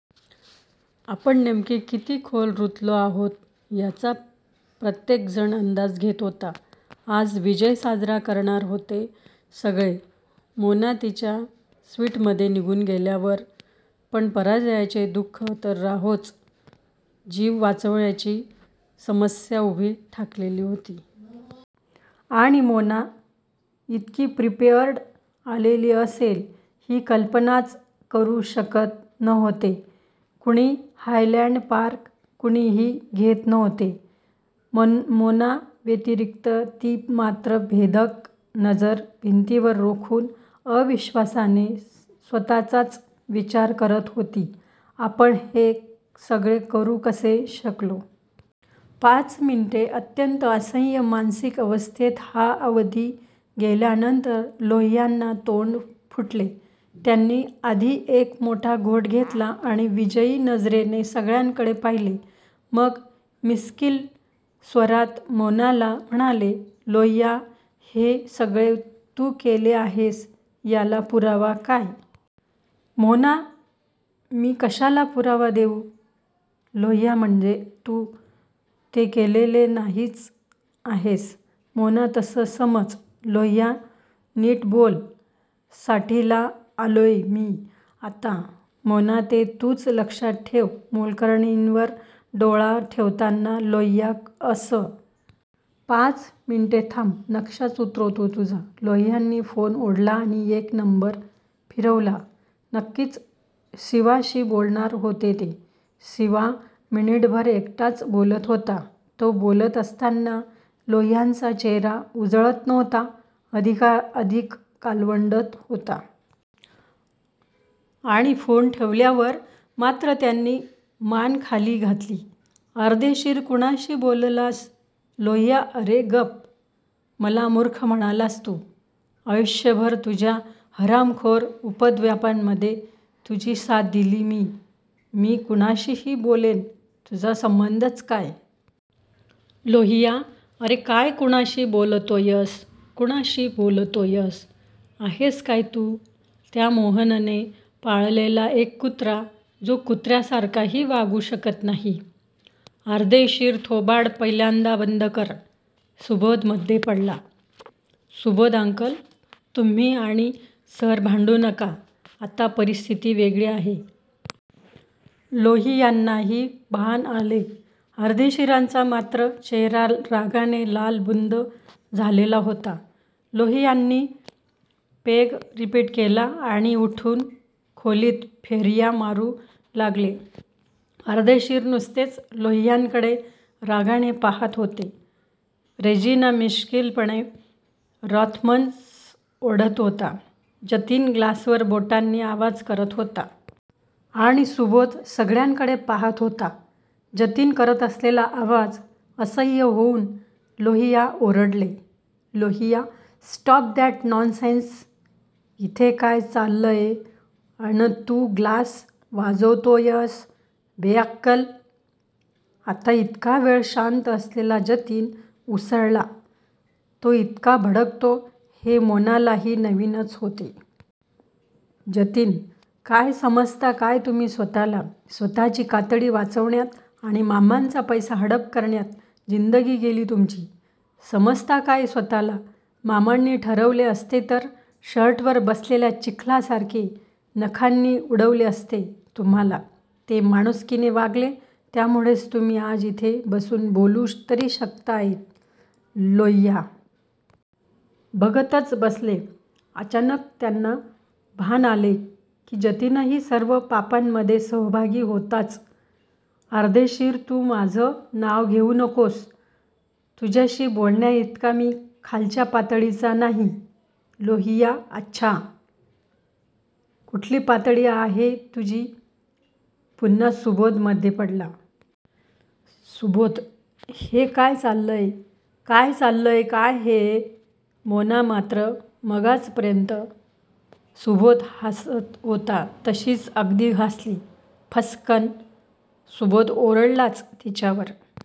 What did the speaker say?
आपण नेमके किती खोल रुतलो आहोत याचा प्रत्येक जण अंदाज घेत होता. आज विजय साजरा करणार होते सगळे, मोना तिच्या स्विटमध्ये निघून गेल्यावर, पण पराजयाचे दु:ख तर राहोच जीव वाचवायची समस्या उभी ठाकलेली होती. आणि मोना इतकी प्रिपेअर्ड आलेली असेल ही कल्पनाच करू शकत नव्हते कुणी हायलॅन्ड पार्क कुणीही घेत नव्हते. मोनाव्यतिरिक्त ती मात्र भेदक नजर भिंतीवर रोखून अविश्वासाने स्वतःचाच विचार करत होती. आपण हे सगळे करू कसे शकलो? पाच मिनिटे, अत्यंत असह्य मानसिक अवस्थेत हा अवधी गेल्यानंतर लोहियांना तोंड फुटले. त्यांनी आधी एक मोठा घोट घेतला आणि विजयी नजरेने सगळ्यांकडे पाहिले. मग मिश्कील स्वरात मोनाला म्हणाले.. लोहिया हे सगळे तू केले आहेस याला पुरावा काय? मोना मी कशाला पुरावा देऊ? लोहिया म्हणजे तू ते केलेले नाहीच आहेस. मोना तसं समज. लोहिया नीट बोल. साठीला आलोय मी आता. मोना ते तूच लक्षात ठेव, मोलकरणींवर डोळा ठेवताना, लोहिया अस? पाच मिनिटे थांब, नक्षाच उतरवतो तुझा लोहियांनी फोन ओढला आणि एक नंबर फिरवला. नक्कीच सिवाशी बोलणार होते ते! सिवा मिनिटभर एकटाच बोलत होता. तो बोलत असताना लोहियांचा चेहरा उजळत नव्हता. अधिकाधिक काळवंडत होता. आणि फोन ठेवल्यावर मात्र त्यांनी मान खाली घातली. अर्देशीर कुणाशी बोललास? लोहिया अरे गप? मला मूर्ख म्हणालास तू ,आयुष्यभर तुझ्या हरामखोर उपद्व्यापांमध्ये तुझी साथ दिली मी, मी कुणाशीही बोलेन. तुझा संबंधच काय? लोहिया अरे काय कुणाशी बोलतोयस, कुणाशी बोलतोयस? आहेस काय तू? त्या मोहनने पाळलेला एक कुत्रा, जो कुत्र्यासारखाही वागू शकत नाही. अर्देशीर थोबाड पहिल्यांदा बंद कर. सुबोध मधे पडला. सुबोध अंकल.. तुम्ही आणि सर भांडू नका, आत्ता परिस्थिती वेगळी आहे. लोहियांनाही भान आले. अर्देशीरांचा मात्र चेहरा रागाने लालबुंद झालेला होता. लोहियांनी पेग रिपीट केला आणि उठून खोलीत फेर्या मारू लागले. अर्देशीर नुसतेच लोहियांकडे रागाने पाहात होते. रेजिना मिश्कीलपणे रॉथमन्स ओढत होता. जतीन ग्लासवर बोटांनी आवाज करत होता. आणि सुबोध सगळ्यांकडे पाहात होता. जतीन करत असलेला आवाज असह्य होऊन लोहिया ओरडले, लोहिया स्टॉप दॅट नॉन्सेन्स. इथे काय चाललंय अन तू ग्लास वाजवतोयस बेअक्कल? आता इतका वेळ शांत असलेला जतीन उसळला. तो इतका भडकतो हे मोनालाही नवीनच होते. जतीन काय समजता काय तुम्ही स्वतःला? स्वतची कातडी वाचवण्यात आणि मामांचा पैसा हडप करण्यात जिंदगी गेली तुमची. समजता काय स्वतःला? मामांनी ठरवले असते तर शर्टवर बसलेल्या चिलटासारखे नखांनी उडवले असते तुम्हाला.. ते माणुसकीने वागले त्यामुळे तुम्ही आज इथे बसून बोलू तरी शकताय. लोहिया बघतच बसले. अचानक त्यांना भान आले की जतीनही सर्व पापांमध्ये सहभागी होताच! अर्देशीर तू माझं नाव घेऊ नकोस, तुझ्याशी बोलण्याइतका मी खालच्या पातळीचा नाही. लोहिया अच्छा? कुठली पातळी आहे तुझी? पुन्हा सुबोध मधे पडला. सुबोध हे काय चाललंय? काय चाललंय काय हे? मोना मात्र मगाचपर्यंत सुबोध हासत होता तशीच अगदी हासली. फस्सकन, सुबोध ओरडलाच तिच्यावर--